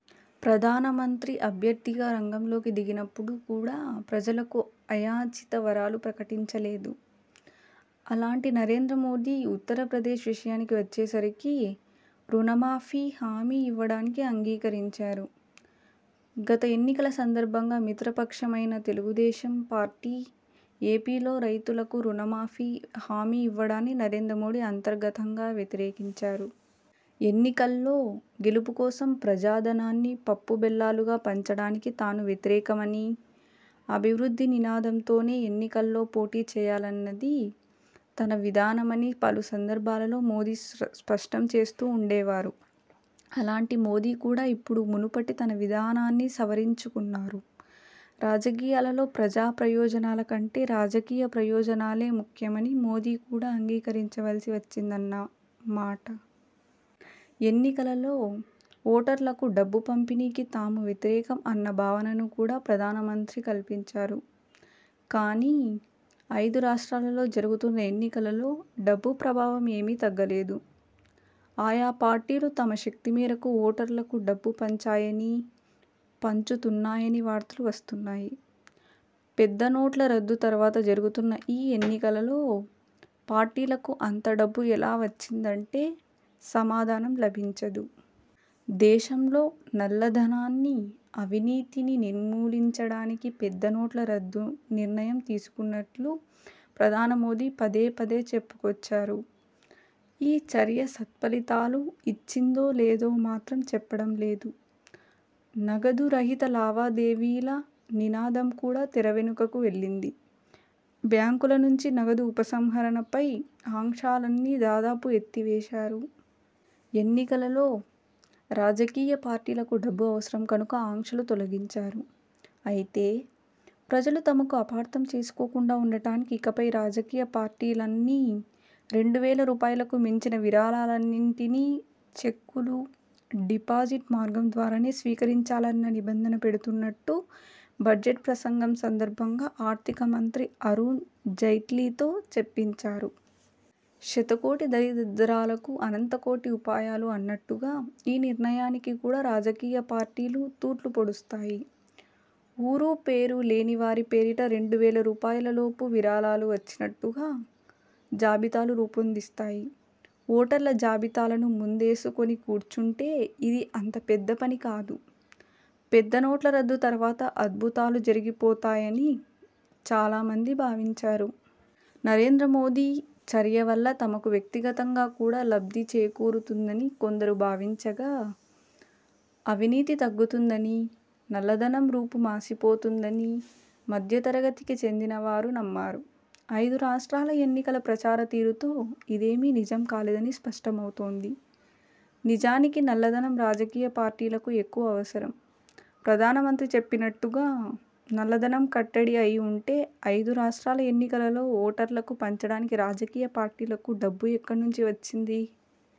ప్రధానమంత్రి అభ్యర్థిగా రంగంలోకి దిగినప్పుడు కూడా ప్రజలకు అయాచిత వరాలు ప్రకటించలేదు. అలాంటి నరేంద్ర మోదీ ఉత్తరప్రదేశ్ విషయానికి వచ్చేసరికి రుణమాఫీ హామీ ఇవ్వడానికి అంగీకరించారు. గత ఎన్నికల సందర్భంగా మిత్రపక్షమైన తెలుగుదేశం పార్టీ ఏపీలో రైతులకు రుణమాఫీ హామీ ఇవ్వడాన్ని నరేంద్రమోదీ అంతర్గతంగా వ్యతిరేకించారు. ఎన్నికల్లో గెలుపు కోసం ప్రజాధనాన్ని పప్పు బెల్లాలుగా పంచడానికి తాను వ్యతిరేకమనీ, అభివృద్ధి నినాదంతోనే ఎన్నికల్లో పోటీ చేయాలన్నది తన విధానమనీ పలు సందర్భాలలో మోదీ స్పష్టంచేస్తూ ఉండేవారు. అలాంటి మోదీ కూడా ఇప్పుడు మునుపటి తన విధానాన్ని సవరించుకున్నారు. రాజకీయాలలో ప్రజా ప్రయోజనాల కంటే రాజకీయ ప్రయోజనాలే ముఖ్యమని మోదీ కూడా అంగీకరించవలసి వచ్చిందన్న మాట! ఎన్నికలలో ఓటర్లకు డబ్బు పంపిణీకి తాము వ్యతిరేకం అన్న భావనను కూడా ప్రధానమంత్రి కల్పించారు. కానీ, ఐదు రాష్ర్టాలలో జరుగుతున్న ఎన్నికలలో డబ్బు ప్రభావం ఏమీ తగ్గలేదు. ఆయా పార్టీలు తమ శక్తిమేరకు ఓటర్లకు డబ్బు పంచాయనీ, పంచుతున్నాయనీ వార్తలు వస్తున్నాయి. పెద్దనోట్ల రద్దు తర్వాత జరుగుతున్న ఈ ఎన్నికలలో పార్టీలకు అంత డబ్బు ఎలా వచ్చిందంటే సమాధానం లభించదు. దేశంలో నల్లధనాన్ని, అవినీతిని నిర్మూలించడానికి పెద్దనోట్ల రద్దు నిర్ణయం తీసుకున్నట్లు ప్రధాని మోదీ పదేపదే చెప్పుకొచ్చారు. ఈ చర్య సత్ఫలితాలు ఇచ్చిందో లేదో మాత్రం చెప్పడం లేదు. నగదు రహిత లావాదేవీల నినాదం కూడా తెరవెనుకకు వెళ్లింది. బ్యాంకుల నుంచి నగదు ఉపసంహరణపై ఆంక్షలన్నీ దాదాపు ఎత్తివేశారు. ఎన్నికలలో రాజకీయ పార్టీలకు డబ్బు అవసరం కనుక ఆంక్షలు తొలగించారు. అయితే, ప్రజలు తమను అపార్థం చేసుకోకుండా ఉండటానికి ఇకపై రాజకీయ పార్టీలన్నీ రెండువేల రూపాయలకు మించిన విరాళాలన్నింటినీ చెక్కులు, డిపాజిట్ మార్గం ద్వారానే స్వీకరించాలన్న నిబంధన పెడుతున్నట్టు బడ్జెట్ ప్రసంగం సందర్భంగా ఆర్థికమంత్రి అరుణ్ జైట్లీతో చెప్పించారు. శతకోటి దరిద్రాలకు అనంతకోటి ఉపాయాలు అన్నట్టుగా ఈ నిర్ణయానికి కూడా రాజకీయ పార్టీలు తూట్లు పొడుస్తాయి. ఊరూపేరు లేనివారి పేరిట రెండు వేల రూపాయలలోపు విరాళాలు వచ్చినట్టుగా జాబితాలు రూపొందిస్తాయి. ఓటర్ల జాబితాలను ముందేసుకుని కూర్చుంటే ఇది అంత పెద్దపని కాదు. పెద్దనోట్ల రద్దు తర్వాత అద్భుతాలు జరిగిపోతాయని చాలామంది భావించారు. నరేంద్రమోదీ చర్య వల్ల తమకు వ్యక్తిగతంగా కూడా లబ్ధిచేకూరుతుందని కొందరు భావించగా, అవినీతి తగ్గుతుందనీ, నల్లధనం రూపుమాసిపోతుందనీ మధ్య తరగతికి చెందినవారు నమ్మారు. ఐదు రాష్ర్టాల ఎన్నికల ప్రచార తీరుతో ఇదేమీ నిజం కాలేదని స్పష్టమవుతోంది. నిజానికి నల్లధనం రాజకీయ పార్టీలకు ఎక్కువ అవసరం. ప్రధానమంత్రి చెప్పినట్టుగా నల్లధనం కట్టడి అయిఉంటే ఐదు రాష్ర్టాల ఎన్నికలలో ఓటర్లకు పంచడానికి రాజకీయ పార్టీలకు డబ్బు ఎక్కడ నుంచి వచ్చింది?